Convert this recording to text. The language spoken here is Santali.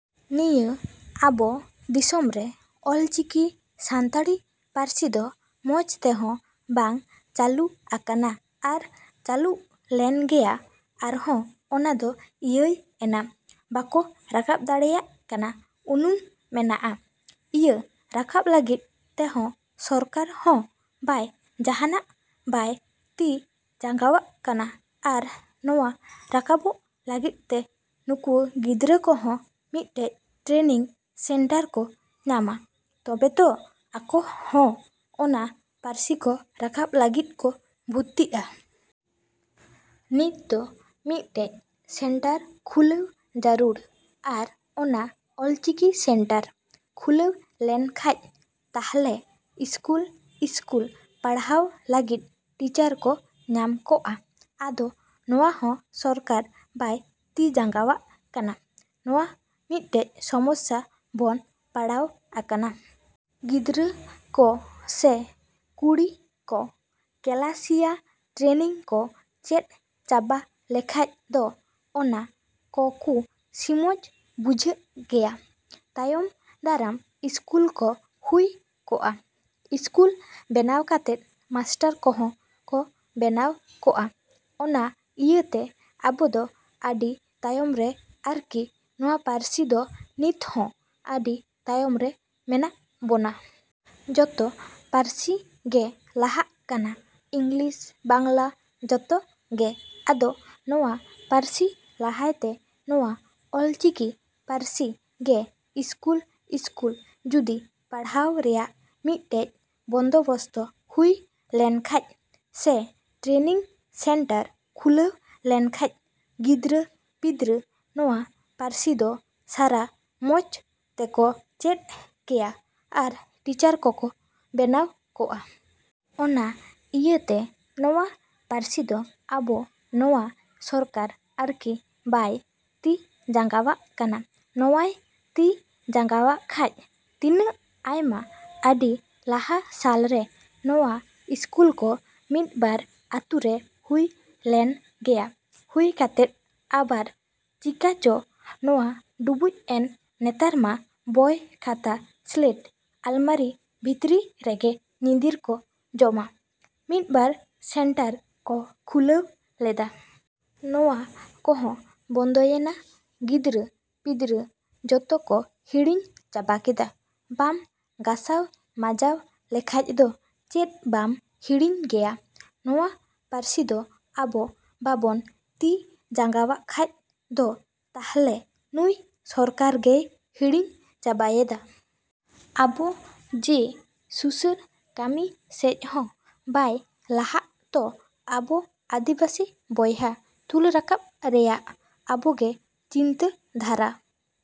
ᱱᱤᱭᱟᱹ ᱟᱵᱚ ᱫᱤᱥᱚᱢ ᱨᱮ ᱚᱞ ᱪᱤᱠᱤ ᱥᱟᱱᱛᱟᱲᱤ ᱯᱟᱹᱨᱥᱤ ᱫᱚ ᱢᱚᱸᱡᱽ ᱛᱮᱦᱚᱸ ᱵᱟᱝ ᱪᱟᱞᱩ ᱟᱠᱟᱱᱟ᱾ ᱟᱨ ᱪᱟᱞᱩᱜ ᱞᱮᱱ ᱜᱮᱭᱟ ᱟᱨᱦᱚᱸ ᱚᱱᱟ ᱫᱚ ᱤᱭᱟᱹᱭᱮᱱᱟ ᱵᱟᱠᱚ ᱨᱟᱠᱟᱵ ᱫᱟᱲᱮᱭᱟᱜ ᱠᱟᱱᱟ᱾ ᱩᱱᱩᱢ ᱢᱮᱱᱟᱜᱼᱟ, ᱤᱭᱟᱹ ᱨᱟᱠᱟᱵ ᱞᱟᱹᱜᱤᱫ ᱛᱮᱦᱚᱸ ᱥᱚᱨᱠᱟᱨ ᱦᱚᱸ ᱵᱟᱭ ᱡᱟᱦᱟᱸᱱᱟᱜ ᱵᱟᱭ ᱛᱤ ᱡᱟᱸᱜᱟᱣᱟᱜ ᱠᱟᱱᱟ ᱟᱨ ᱱᱚᱣᱟ ᱨᱟᱠᱟᱵᱚᱜ ᱞᱟᱹᱜᱤᱫ ᱛᱮ ᱱᱩᱠᱩ ᱜᱤᱫᱽᱨᱟᱹ ᱠᱚᱦᱚᱸ ᱢᱤᱫᱴᱮᱡ ᱴᱨᱮᱱᱤᱝ ᱥᱮᱱᱴᱟᱨ ᱠᱚ ᱧᱟᱢᱟ ᱛᱚᱵᱮ ᱛᱚ, ᱟᱠᱚ ᱦᱚᱸ ᱚᱱᱟ ᱯᱟᱨᱥᱤ ᱠᱚ ᱨᱟᱠᱟᱵ ᱞᱟᱹᱜᱤᱫ ᱠᱚ ᱵᱷᱚᱛᱛᱤᱜᱼᱟ? ᱱᱤᱛ ᱫᱚ ᱢᱤᱫᱴᱮᱡ ᱥᱮᱱᱴᱟᱨ ᱠᱷᱩᱞᱟᱹᱣ ᱡᱟᱹᱨᱩᱲ᱾ ᱟᱨ ᱚᱱᱟ ᱚᱞ ᱪᱤᱠᱤ ᱥᱮᱱᱴᱟᱨ ᱠᱷᱩᱞᱟᱹᱣ ᱞᱮᱱ ᱠᱷᱟᱡ ᱛᱟᱦᱞᱮ ᱤᱥᱠᱩᱞᱼᱤᱥᱠᱩᱞ ᱯᱟᱲᱦᱟᱣ ᱞᱟᱹᱜᱤᱫ ᱴᱤᱪᱟᱹᱨ ᱠᱚ ᱧᱟᱢ ᱠᱚᱜᱼᱟ᱾ ᱟᱫᱚ ᱱᱚᱣᱟ ᱦᱚᱸ ᱥᱚᱨᱠᱟᱨ ᱵᱟᱭ ᱛᱤ ᱡᱟᱸᱜᱟᱣᱟᱜ ᱠᱟᱱᱟ᱾ ᱱᱚᱣᱟ ᱢᱤᱫᱴᱮᱡ ᱥᱚᱢᱚᱥᱥᱟ ᱵᱚᱱ ᱯᱟᱲᱟᱣ ᱟᱠᱟᱱᱟ᱾ ᱜᱤᱫᱽᱨᱟᱹ ᱠᱚ ᱥᱮ ᱠᱩᱲᱤ ᱠᱚ ᱠᱞᱟᱥᱤᱭᱟ ᱴᱨᱮᱱᱤᱝ ᱠᱚ ᱪᱮᱫ ᱪᱟᱵᱟ ᱞᱮᱠᱷᱟᱡ ᱫᱚ ᱚᱱᱟ ᱠᱚᱠᱩ ᱥᱤᱢᱚᱸᱡᱽ ᱵᱩᱡᱷᱟᱹᱜ ᱜᱮᱭᱟ ᱛᱟᱭᱚᱢ ᱫᱟᱨᱟᱢ ᱤᱥᱠᱩᱞ ᱠᱚ ᱦᱩᱭ ᱠᱚᱜᱼᱟ᱾ ᱤᱥᱠᱩᱞ ᱵᱮᱱᱟᱣ ᱠᱟᱛᱮᱫ ᱢᱟᱥᱴᱟᱨ ᱠᱚᱦᱚᱸ ᱠᱚ ᱵᱮᱱᱟᱣ ᱠᱚᱜᱼᱟ᱾ ᱚᱱᱟ ᱤᱭᱟᱹᱛᱮ ᱟᱵᱚ ᱫᱚ ᱟᱰᱤ ᱛᱟᱭᱚᱢ ᱨᱮ ᱟᱨᱠᱤ ᱱᱚᱣᱟ ᱯᱟᱹᱨᱥᱤ ᱫᱚ ᱱᱤᱛ ᱦᱚᱸ ᱟᱹᱰᱤ ᱛᱟᱭᱚᱢ ᱨᱮ ᱢᱮᱱᱟᱜ ᱵᱚᱱᱟ᱾ ᱡᱚᱛᱚ ᱯᱟᱹᱨᱥᱤ ᱜᱮ ᱞᱟᱦᱟᱜ ᱠᱟᱱᱟ᱾ ᱤᱝᱞᱤᱥ, ᱵᱟᱝᱞᱟ ᱡᱚᱛᱚ ᱜᱮ ᱟᱫᱚ ᱱᱚᱣᱟ ᱯᱟᱹᱨᱥᱤ ᱞᱟᱦᱟᱭ ᱛᱮ ᱱᱚᱣᱟ ᱚᱞ ᱪᱤᱠᱤ ᱯᱟᱨᱥᱤ ᱜᱮ ᱤᱥᱠᱩᱞᱼᱤᱥᱠᱩᱞ ᱡᱩᱫᱤ ᱯᱟᱲᱦᱟᱣ ᱨᱮᱭᱟᱜ ᱢᱤᱫᱴᱮᱡ ᱵᱚᱱᱫᱚᱵᱚᱥᱛᱚ ᱦᱩᱭ ᱞᱮᱱ ᱠᱷᱟᱡ ᱥᱮ ᱴᱨᱮᱱᱤᱝ ᱥᱮᱱᱴᱟᱨ ᱠᱷᱩᱞᱟᱹᱣ ᱞᱮᱱ ᱠᱷᱟᱡ ᱜᱤᱫᱽᱨᱟᱹ ᱯᱤᱫᱽᱨᱟᱹ ᱱᱚᱣᱟ ᱯᱟᱹᱨᱥᱤ ᱫᱚ ᱥᱟᱨᱟ ᱢᱚᱸᱡᱽ ᱛᱮᱠᱚ ᱪᱮᱫ ᱠᱮᱭᱟ ᱟᱨ ᱴᱤᱪᱟᱹᱨ ᱠᱚᱠᱚ ᱵᱮᱱᱟᱣ ᱠᱚᱜᱼᱟ᱾ ᱚᱱᱟ ᱤᱭᱟᱹᱛᱮ ᱱᱚᱣᱟ ᱯᱟᱹᱨᱥᱤ ᱫᱚ ᱟᱵᱚ ᱱᱚᱣᱟ ᱥᱚᱨᱠᱟᱨ ᱟᱨᱠᱤ ᱵᱟᱭ ᱛᱤ ᱡᱟᱸᱜᱟᱣᱟᱜ ᱠᱟᱱᱟ᱾ ᱱᱚᱣᱟᱭ ᱛᱤ ᱡᱟᱸᱜᱟᱣᱟᱜ ᱠᱷᱟᱡ ᱛᱤᱱᱟᱹᱜ ᱟᱭᱢᱟ ᱟᱰᱤ ᱞᱟᱦᱟ ᱥᱟᱞ ᱨᱮ ᱱᱚᱣᱟ ᱤᱥᱠᱩᱞ ᱠᱚ ᱢᱤᱫ ᱵᱟᱨ ᱟᱹᱛᱩ ᱨᱮ ᱦᱩᱭ ᱞᱮᱱ ᱜᱮᱭᱟ ᱦᱩᱭ ᱠᱟᱛᱮᱫ ᱟᱵᱟᱨ ᱪᱤᱠᱟ ᱪᱚ ᱱᱚᱣᱟ ᱰᱩᱵᱩᱡ ᱮᱱ ᱱᱮᱛᱟᱨ ᱢᱟ ᱵᱚᱭ ᱠᱷᱟᱛᱟ ᱥᱞᱮᱴ ᱟᱞᱢᱟᱨᱤ ᱵᱷᱤᱛᱨᱤ ᱨᱮᱜᱮ ᱧᱤᱫᱤᱨ ᱠᱚ ᱡᱚᱢᱟ ᱢᱤᱫ ᱵᱟᱨ ᱥᱮᱱᱴᱟᱨ ᱠᱚ ᱠᱷᱩᱞᱟᱹᱣ ᱞᱮᱫᱟ᱾ ᱱᱚᱣᱟ ᱠᱚᱦᱚᱸ ᱵᱚᱱᱫᱚᱭᱮᱱᱟ ᱜᱤᱫᱽᱨᱟᱹ ᱯᱤᱫᱽᱨᱟᱹ ᱡᱚᱛᱚ ᱠᱚ ᱦᱤᱲᱤᱧ ᱪᱟᱵᱟ ᱠᱮᱫᱟ᱾ ᱵᱟᱢ ᱜᱟᱥᱟᱣ ᱢᱟᱧᱡᱟᱣ ᱞᱮᱠᱷᱟᱡ ᱫᱚ ᱪᱮᱫ ᱵᱟᱢ ᱦᱤᱲᱤᱧ ᱜᱮᱭᱟ! ᱱᱚᱣᱟ ᱯᱟᱹᱨᱥᱤ ᱫᱚ ᱟᱵᱚ ᱵᱟᱵᱚᱱ ᱛᱤ ᱡᱟᱸᱜᱟᱣᱟᱜ ᱠᱷᱟᱡ ᱫᱚ ᱛᱟᱦᱞᱮ ᱱᱩᱭ ᱥᱚᱨᱠᱟᱨ ᱜᱮᱭ ᱦᱤᱲᱤᱧ ᱪᱟᱵᱟᱭᱮᱫᱟ᱾ ᱟᱵᱚ ᱡᱮ ᱥᱩᱥᱟᱹᱨ ᱠᱟᱹᱢᱤ ᱥᱮᱡ ᱦᱚᱸ ᱵᱟᱭ ᱞᱟᱦᱟᱜ ᱛᱚ ᱟᱵᱚ ᱟᱫᱤᱵᱟᱥᱤ ᱵᱚᱭᱦᱟ ᱛᱩᱞ ᱨᱟᱠᱟᱵ ᱨᱮᱭᱟᱜ ᱟᱵᱚ ᱜᱮ ᱪᱤᱱᱛᱟᱹ ᱫᱷᱟᱨᱟ᱾